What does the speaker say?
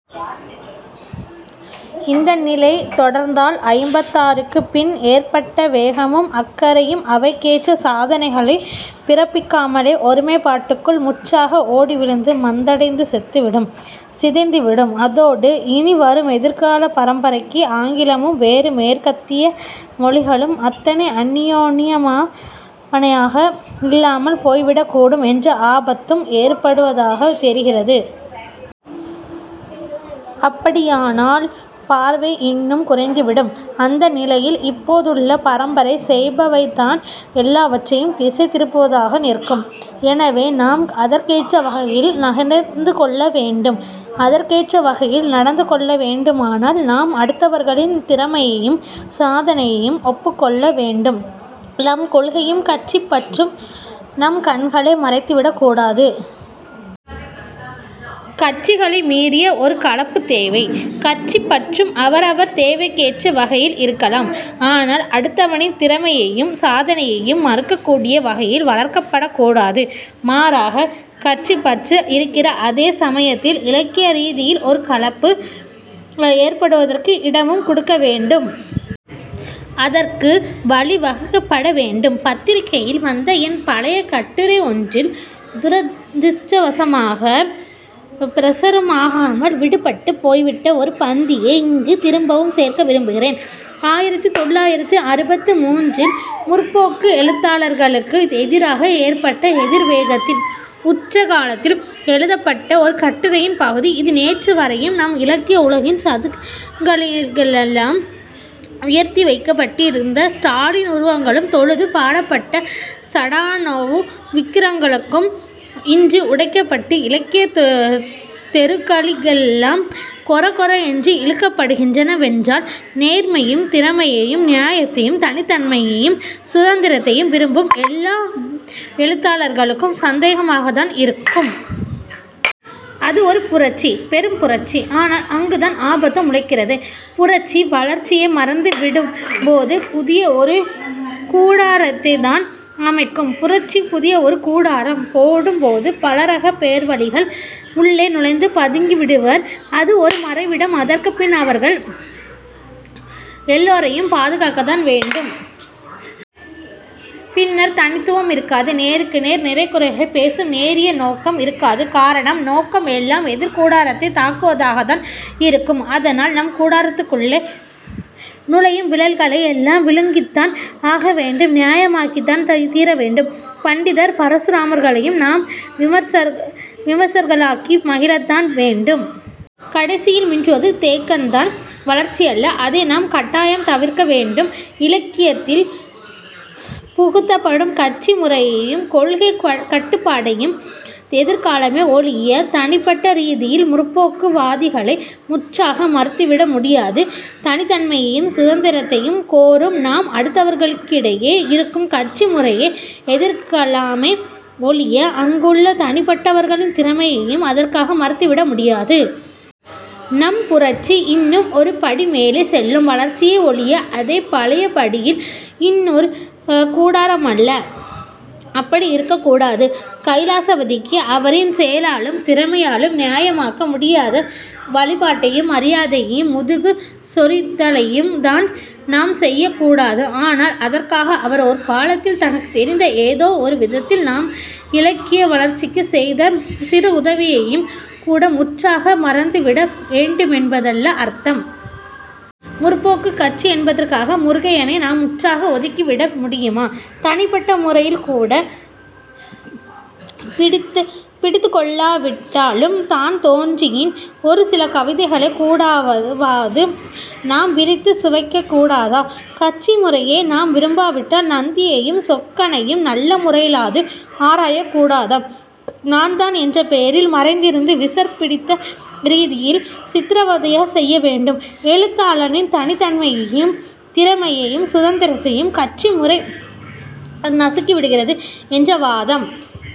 இந்த நிலை தொடர்ந்தால் ஐம்பத்தாறுக்குப் பின் ஏற்பட்ட வேகமும் அக்கறையும் அவைக்கேற்ற சாதனைகளைப் பிறப்பிக்காமலே ஒருமைப்பாட்டுக்குள் முற்றாக ஓடி விழுந்து மந்தடைந்து செத்துவிடும், சிதைந்துவிடும். அதோடு இனி வரும் எதிர்காலப் பரம்பரைக்கு ஆங்கிலமும் வேறு மேற்கத்திய மொழிகளும் அத்தனை அன்னியோன்னியமானவையாக இல்லாமல் போய்விடக்கூடும் என்ற ஆபத்தும் ஏற்படுவதாகத் தெரிகிறது. அப்படியானால் பார்வை இன்னும் குறைந்துவிடும். அந்த நிலையில் இப்போதுள்ள பரம்பரை செய்பவைதான் எல்லாவற்றையும் திசைதிருப்புவதாக நிற்கும். எனவே, நாம் அதற்கேற்ற வகையில் நடந்துகொள்ள வேண்டும். அதற்கேற்ற வகையில் நடந்துகொள்ள வேண்டுமானால் நாம் அடுத்தவர்களின் திறமையையும் சாதனையையும் ஒப்புக்கொள்ள வேண்டும். நம் கொள்கையும் கட்சிப் பற்றும் நம் கண்களை மறைத்துவிடக் கூடாது. கட்சிகளை மீறிய ஒரு கலப்புத் தேவை. கட்சிப் பற்றும் அவரவர் தேவைக்கேற்ற வகையில் இருக்கலாம். ஆனால் அடுத்தவனின் திறமையையும் சாதனையையும் மறுக்கக்கூடிய வகையில் வளர்க்கப்படக் கூடாது. மாறாக, கட்சிப் பற்று இருக்கிற அதே சமயத்தில் இலக்கிய ரீதியில் ஒரு கலப்பு ஏற்படுவதற்கு இடமும் கொடுக்க வேண்டும். அதற்கு வழிவகுக்கப்பட வேண்டும். பத்திரிகையில் வந்த என் பழைய கட்டுரை ஒன்றில் துரதிஷ்டவசமாகப் பிரசுரமாகாமல் விடுபட்டுப் போய்விட்ட ஓர் பந்தியை இங்கு திரும்பவும் சேர்க்க விரும்புகிறேன். ஆயிரத்து தொள்ளாயிரத்து அறுபத்து மூன்றில் 'முற்போக்கு' எழுத்தாளர்களுக்கு எதிராக ஏற்பட்ட எதிர் வேகத்தின் உச்ச காலத்தில் எழுதப்பட்ட ஒரு கட்டுரையின் பகுதி இது நேற்று வரையும் நம் இலக்கிய உலகின் சதுக்கங்களிலெல்லாம் உயர்த்திவைக்கப்பட்டிருந்த ஸ்டாலின் உருவங்களும் தொழுது பாடப்பட்ட சடானோவும் விக்கிரகங்களுக்கும் இன்று உடைக்கப்பட்டு இலக்கியத் தெருக்களிலெல்லாம் கொர கொர என்று இழுக்கப்படுகின்றனவென்றால் நேர்மையையும் திறமையையும் நியாயத்தையும் தனித்தன்மையையும் சுதந்திரத்தையும் விரும்பும் எல்லா எழுத்தாளர்களுக்கும் சந்தேகமாகத்தான் இருக்கும். அது ஒரு புரட்சி, பெரும் புரட்சி. ஆனால் அங்குதான் ஆபத்தும் முளைக்கிறது...புரட்சி, வளர்ச்சியை மறந்துவிடும்போது புதிய ஒரு கூடாரத்தைத்தான் அமைக்கும். புரட்சி புதிய ஒரு கூடாரம் போடும்போது பலரகப் பேர்வழிகள் உள்ளே நுழைந்து பதுங்கிவிடுவர். அது ஒரு மறைவிடம். அதற்குப் பின் அவர்கள் எல்லோரையும் பாதுகாக்கத்தான் வேண்டும். பின்னர் தனித்துவம் இருக்காது. நேருக்கு நேர் நிறைகுறைகளைப் பேசும் நேரிய நோக்கம் இருக்காது. காரணம், நோக்கம் எல்லாம் எதிர் கூடாரத்தைத் தாக்குவதாகத்தான் இருக்கும். அதனால் நம் கூடாரத்துக்குள்ளே நுழையும் விழல்களை எல்லாம் விழுங்கித்தான் ஆகவேண்டும். நியாயமாக்கித்தான் தீரவேண்டும். பண்டிதர் பரசுராமர்களையும் நாம் விமர்சகர்களாக்கி மகிழத்தான் வேண்டும். கடைசியில் மிஞ்சுவது தேக்கந்தான், வளர்ச்சியல்ல. அதை நாம் கட்டாயம் தவிர்க்க வேண்டும். இலக்கியத்தில் புகுத்தப்படும் கட்சி முறையையும் கொள்கைக் கட்டுப்பாட்டையும் எதிர்க்கலாமே ஒழிய தனிப்பட்ட ரீதியில் 'முற்போக்கு'வாதிகளை முற்றாக மறுத்துவிட முடியாது. தனித்தன்மையையும் சுதந்திரத்தையும் கோரும் நாம் அடுத்தவர்களுக்கிடையே இருக்கும் கட்சி முறையை எதிர்க்கலாமே ஒழிய அங்குள்ள தனிப்பட்டவர்களின் திறமையையும் அதற்காக மறுத்துவிட முடியாது. நம் புரட்சி இன்னும் ஒரு படி மேலே செல்லும் வளர்ச்சியே ஒழிய அதே பழைய படியில் இன்னோர் கூடாரமல்ல. அப்படி இருக்கக் கூடாது. கைலாசபதிக்கு அவரின் செயலாலும் திறமையாலும் நியாயமாக்க முடியாத வழிபாட்டையும், மரியாதையையும் முதுகு சொறிதலையும்தான் நாம் செய்யக்கூடாது. ஆனால் அதற்காக அவர் ஒரு காலத்தில் தனக்குத் தெரிந்த ஏதோ ஒரு விதத்தில் நம் இலக்கிய வளர்ச்சிக்குச் செய்த சிறு உதவியையும் கூட முற்றாக மறந்துவிட வேண்டுமென்பதல்ல அர்த்தம். 'முற்போக்குக்' கட்சி என்பதற்காக முருகையனை நாம் முற்றாக ஒதுக்கிவிட முடியுமா? தனிப்பட்ட முறையில்கூடப் பிடித்துக்கொள்ளாவிட்டாலும் தான்தோன்றியின் ஒரு சில கவிதைகளைக் கூடவாவது நாம் விரித்துச் சுவைக்கக் கூடாதா? கட்சி முறையை நாம் விரும்பாவிட்டால் நந்தியையும் சொக்கனையும் நல்ல முறையிலாவது ஆராயக் கூடாதா? 'நான்தான்' என்ற பெயரில் மறைந்திருந்து விசர் பிடித்த ரீதியில் சித்திரவதையா செய்ய வேண்டும்? எழுத்தாளனின் தனித்தன்மையையும் திறமையையும் சுதந்திரத்தையும் கட்சிமுறை நசுக்கிவிடுகிறது என்ற வாதம்,